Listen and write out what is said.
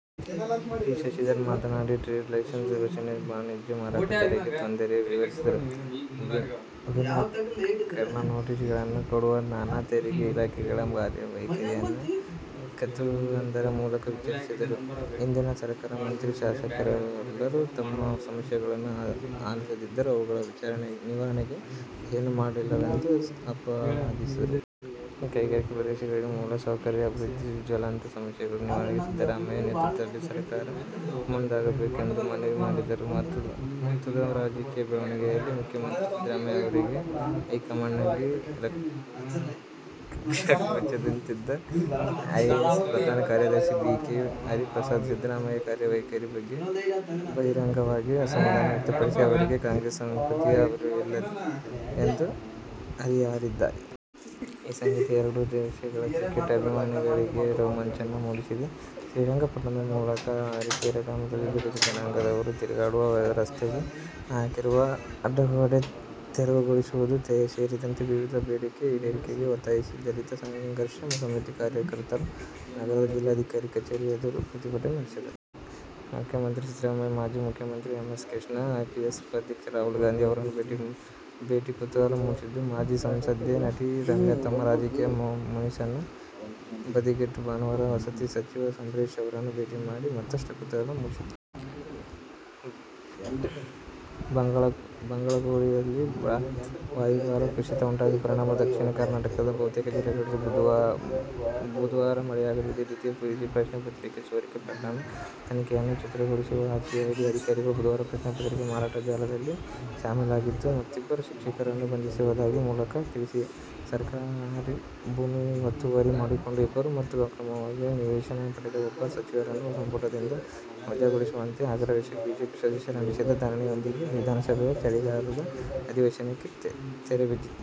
P. Shashidhar ಮಾತನಾಡಿ, trade licence ಶೋಷಣೆ, ವಾಣಿಜ್ಯ, ಮಾರಾಟ ತೆರಿಗೆ ತೊಂದರೆ ವಿವರಿಸಿದರು. ವಿನಾಕಾರಣ ನೋಟಿಸ್ಗಳನ್ನು ಕೊಡುವ ನಾನಾ ತೆರಿಗೆ ಇಲಾಖೆಗಳ ಕಾರ್ಯವೈಖರಿಯನ್ನು ಕಥೆಯೊಂದರ ಮೂಲಕ ವಿವರಿಸಿದರು. ಹಿಂದಿನ ಸರಕಾರ ಮಂತ್ರಿ, ಶಾಸಕರೆಲ್ಲರೂ ತಮ್ಮ ಸಮಸ್ಯೆಗಳನ್ನು ಆಲಿಸಿದ್ದರೂ ಅವುಗಳ ನಿವಾರಣೆಗೆ ಏನೂ ಮಾಡಲಿಲ್ಲವೆಂದು ಆಪಾದಿಸಿದರು. ಕೈಗಾರಿಕೆ ಪ್ರದೇಶಗಳಲ್ಲಿ ಮೂಲ ಸೌಕರ್ಯ ಅಭಿವೃದ್ಧಿ, ಜ್ವಲಂತ ಸಮಸ್ಯೆಗಳ ನಿವಾರಣೆಗೆ ಸಿದ್ದರಾಮಯ್ಯ ನೇತೃತ್ವದ ಸರಕಾರ ಮುಂದಾಗಬೇಕೆಂದು ಮನವಿ ಮಾಡಿದರು. ಮಹತ್ವದ ರಾಜಕೀಯ ಬೆಳವಣಿಗೆಯಲ್ಲಿ ಮುಖ್ಯಮಂತ್ರಿ ಸಿದ್ದರಾಮಯ್ಯ ಅವರಿಗೆ ಹೈಕಮಾಂಡ್ನಲ್ಲಿ ರಕ್ಷಾಕವಚದಂತಿದ್ದ ಎಐಸಿಸಿ ಪ್ರಧಾನ ಕಾರ್ಯದರ್ಶಿ ಬಿ. ಕೆ. ಹರಿಪ್ರಸಾದ್ ಸಿದ್ದರಾಮಯ್ಯ ಕಾರ್ಯವೈಖರಿ ಬಗ್ಗೆ ಬಹಿರಂಗವಾಗಿ ಅಸಮಾಧಾನ ವ್ಯಕ್ತಪಡಿಸಿ ಅವರಿಗೆ ಕಾಂಗ್ರೆಸ್ ಸಂಸ್ಕೃತಿಯ ಅರಿವಿಲ್ಲ ಎಂದು ಹರಿಹಾಯ್ದಿದ್ದಾರೆ. ಈ ಸಂಗತಿ ಎರಡೂ ದೇಶಗಳ ಕ್ರಿಕೆಟ್ ಅಭಿಮಾನಿಗಳಿಗೆ ರೋಮಾಂಚನ ಮೂಡಿಸಿದೆ. ಶ್ರೀರಂಗಪಟ್ಟಣ ತಾಲೂಕಿನ ಅರಕೆರೆ ಗ್ರಾಮದಲ್ಲಿ ದಲಿತ ಜನಾಂಗದವರು ತಿರುಗಾಡುವ ರಸ್ತೆಗೆ ಹಾಕಿರುವ ಅಡ್ಡಗೋಡೆ ತೆರವುಗೊಳಿಸುವುದು ಸೇರಿದಂತೆ ವಿವಿಧ ಬೇಡಿಕೆ ಈಡೇರಿಕೆಗೆ ಒತ್ತಾಯಿಸಿ ದಲಿತ ಸಂಘರ್ಷ ಸಮಿತಿ ಕಾರ್ಯಕರ್ತರು ನಗರದ ಜಿಲ್ಲಾಧಿಕಾರಿ ಕಚೇರಿ ಎದುರು ಪ್ರತಿಭಟನೆ ನಡೆಸಿದರು. ಮುಖ್ಯಮಂತ್ರಿ ಸಿದ್ದರಾಮಯ್ಯ, ಮಾಜಿ ಮುಖ್ಯಮಂತ್ರಿ ಎಸ್. ಎಂ. ಕೃಷ್ಣ, ಎಐಸಿಸಿ ಉಪಾಧ್ಯಕ್ಷ ರಾಹುಲ್ ಗಾಂಧಿ ಅವರನ್ನು ಭೇಟಿ ಕುತೂಹಲ ಮೂಡಿಸಿದ್ದ ಮಾಜಿ ಸಂಸದೆ, ನಟಿ ರಮ್ಯಾ ತಮ್ಮ ರಾಜಕೀಯ ಮುನಿಸನ್ನು ಬದಿಗಿಟ್ಟು ಭಾನುವಾರ ವಸತಿ ಸಚಿವ ಅಂಬರೀಶ್ ಅವರನ್ನು ಭೇಟಿ ಮಾಡಿ ಮತ್ತಷ್ಟು ಕುತೂಹಲ ಮೂಡಿಸಿದ್ದಾರೆ. ಬಂಗಾಳಕೊಲ್ಲಿಯಲ್ಲಿ ವಾಯುಭಾರ ಕುಸಿತ ಉಂಟಾದ ಪರಿಣಾಮ ದಕ್ಷಿಣ ಕರ್ನಾಟಕದ ಬಹುತೇಕ ಜಿಲ್ಲೆಗಳಲ್ಲಿ ಬುಧವಾರ ಮಳೆಯಾಗಿದೆ. ದ್ವಿತೀಯ ಪಿಯುಸಿ ಪ್ರಶ್ನೆ ಪತ್ರಿಕೆ ಸೋರಿಕೆ ಪ್ರಕರಣದ ತನಿಖೆಯನ್ನು ಚುರುಕುಗೊಳಿಸಿರುವ ಸಿಐಡಿ ಅಧಿಕಾರಿಗಳು ಬುಧವಾರ ಪ್ರಶ್ನೆ ಪತ್ರಿಕೆ ಮಾರಾಟ ಜಾಲದಲ್ಲಿ ಶಾಮೀಲಾಗಿದ್ದ ಮತ್ತಿಬ್ಬರು ಶಿಕ್ಷಕರನ್ನು ಬಂಧಿಸಿರುವುದಾಗಿ ಮೂಲಗಳು ತಿಳಿಸಿವೆ. ಸರ್ಕಾರಿ ಭೂಮಿ ಒತ್ತುವರಿ ಮಾಡಿಕೊಂಡ ಇಬ್ಬರು ಮತ್ತು ಅಕ್ರಮವಾಗಿ ನಿವೇಶನ ಪಡೆದ ಒಬ್ಬ ಸಚಿವರನ್ನು ಸಂಪುಟದಿಂದ ವಜಾಗೊಳಿಸುವಂತೆ ಆಗ್ರಹಿಸಿ ಬಿಜೆಪಿ ಸದಸ್ಯರು ನಡೆಸಿದ ಧರಣಿಯೊಂದಿಗೆ ವಿಧಾನಸಭೆಯ ಚಳಿಗಾಲದ ಅಧಿವೇಶನಕ್ಕೆ ತೆರೆಬಿದ್ದಿತು.